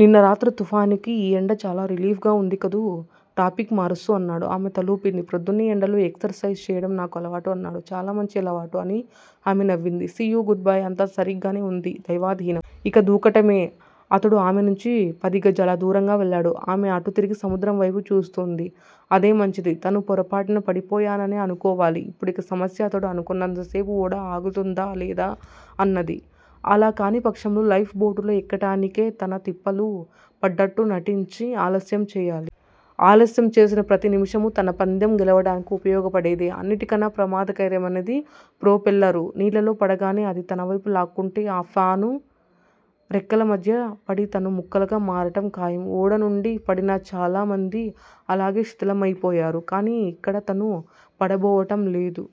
నిన్న రాత్రి తుఫానుకి ఈ ఎండ చాలా రిలీఫ్ గా వుంది కదూ! టాపిక్ మారుస్తూ అన్నాడు. ఆమె తలూపింది. ప్రొద్దున్నే ఎండలో ఎక్సర్ సైజు చెయ్యటం నాకు అలవాటు అన్నాడు. చాలా మంచి ఆలవాటు అని ఆమె నవ్వింది. సీ యూ గుడ్ బై అంతా సరీగ్గానే ఉంది దైవాధీనం! ఇక దూకటమే!!! అతడు ఆమెనుంచి పదిగజాల దూరంగా వెళ్లాడు. ఆమె అటు తిరిగి సముద్రంవైపు చూస్తూంది. అదే మంచిది. తను పొరపాటున పడిపోయాననే అనుకోవాలి. ఇప్పుడిక సమస్య- అతడు అనుకున్నంతసేపు ఓడ ఆగుతుందా లేదా అన్నది. అలా కాని పక్షంలో లైఫ్ బోటులో ఎక్కటానికి తనే తిప్పలు పడ్డట్టూ నటించి ఆలస్యం చెయ్యాలి. ఆలస్యం చేసిన ప్రతి నిమిషమూ తన పందెం గెలవటానికి ఉపయోగపడేదే! అన్నిటికన్నా ప్రమాదకరమైనది ప్రోపెల్లరు. నీళ్ళల్లో పడగానే అది తనవైపు లాక్కుంటే, ఆ ఫాను రెక్కలమధ్య పడి తను ముక్కలుగా మారటం ఖాయం. ఓడనుండి పడిన చాలా మంది, అలాగే శిథిలమైపోయారు. కానీ ఇక్కడ తను 'పడ' బోవటం లేదు.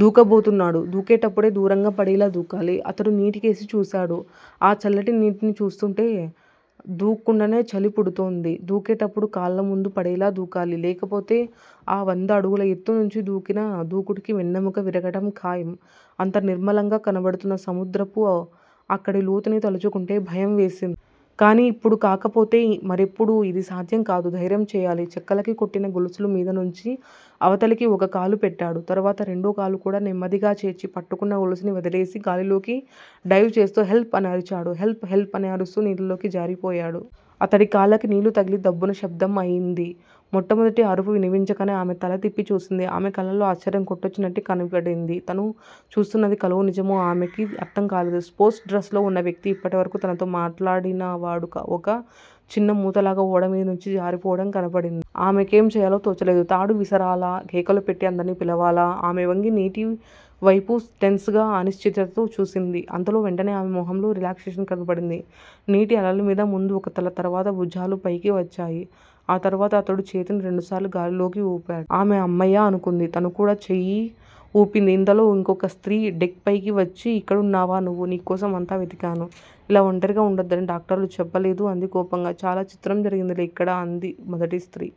'దూక' బోతున్నాడు. దూకేటప్పుడే దూరంగా పడేలా దూకాలి. అతడు నీటికేసి చూశాడు. ఆ చల్లటి నీటిని చూస్తూంటే దూక్కండనే చలి పుడుతోంది. దూకేటప్పుడు కాళ్ళు ముందు పడేలా దూకాలి. లేకపోతే ఆ వంద అడుగుల ఎత్తునుంచి దూకిన దూకుడుకి వెన్నెముక విరగటం ఖాయం. అంత నిర్మలంగా కనబడుతున్న సముద్రపు అక్కడి లోతుని తలుచుకుంటే భయం వేసింది. కానీ ఇప్పుడు కాకపోతే మరెప్పుడూ యిది సాధ్యం కాదు. ధైర్యం చెయ్యాలి. చెక్కలకి కట్టిన గొలుసులు మీదనుంచి అవతలికి ఒక కాలు పెట్టాడు. తరువాత రెండోకాలుకూడా నెమ్మదిగా చేర్చి, పట్టుకున్న గొలుసుని వదిలేసి గాలిలోకి డైవ్ చేస్తూ, హెల్ప్! అని అరిచాడు. హెల్ప్! హెల్ప్! అని అరుస్తూ నీళ్ళలోకి జారిపోయాడు. అతడి కాళ్ళకి నీళ్ళు తగిలి దబ్బున శబ్దం అయింది. మొట్టమొదటి అరుపు వినిపించగానే ఆమె తల తిప్పి చూసింది. ఆమె కళ్ళల్లో ఆశ్చర్యం కొట్టొచ్చినట్టు కనబడింది. తను చూస్తున్నది కలో. నిజమో ఆమెకి అర్థంకాలేదు. స్పోర్ట్స్ డ్రెస్ లో వున్న వ్యక్తి, ఇప్పటివరకూ తనతో మాట్లాడినవాడు ఒక చిన్న మూతలాగా ఓడ మీదనుంచి జారిపోవటం కనబడింది. ఆమెకేం చెయ్యాలో తోచలేదు. తాడు విసరాలా, కేకలు పెట్టి అందర్నీ పిలవాలా? ఆమె వంగి నీటివైపు టెన్స్ గా, అనిశ్చితతో చూసింది. అంతలో వెంటనే ఆమె మొహంలో రిలాక్సేషన్ కనబడింది. నీటి అలలమీద ముందు ఒక తల, తరువాత భూజాలూ పైకి వచ్చాయి. ఆ తరువాత అతడు చేతిని రెండుసార్లు గాలిలోకి వూపాడు. ఆమె అమ్మయ్య అనుకుంది. తను కూడా చెయ్యి వూపింది. ఇంతలో ఇంకొక స్త్రీ, డెక్ పైకి వచ్చి ఇక్కడున్నావా నువ్వు? నీ కోసం అంతా వెతికాను. ఇలా ఒంటరిగా ఉండొద్దని డాక్టరు చెప్పలేదూ అంది కోపంగా. చాలా చిత్రం జరిగిందిలే ఇక్కడ అంది మొదటి స్త్రీ.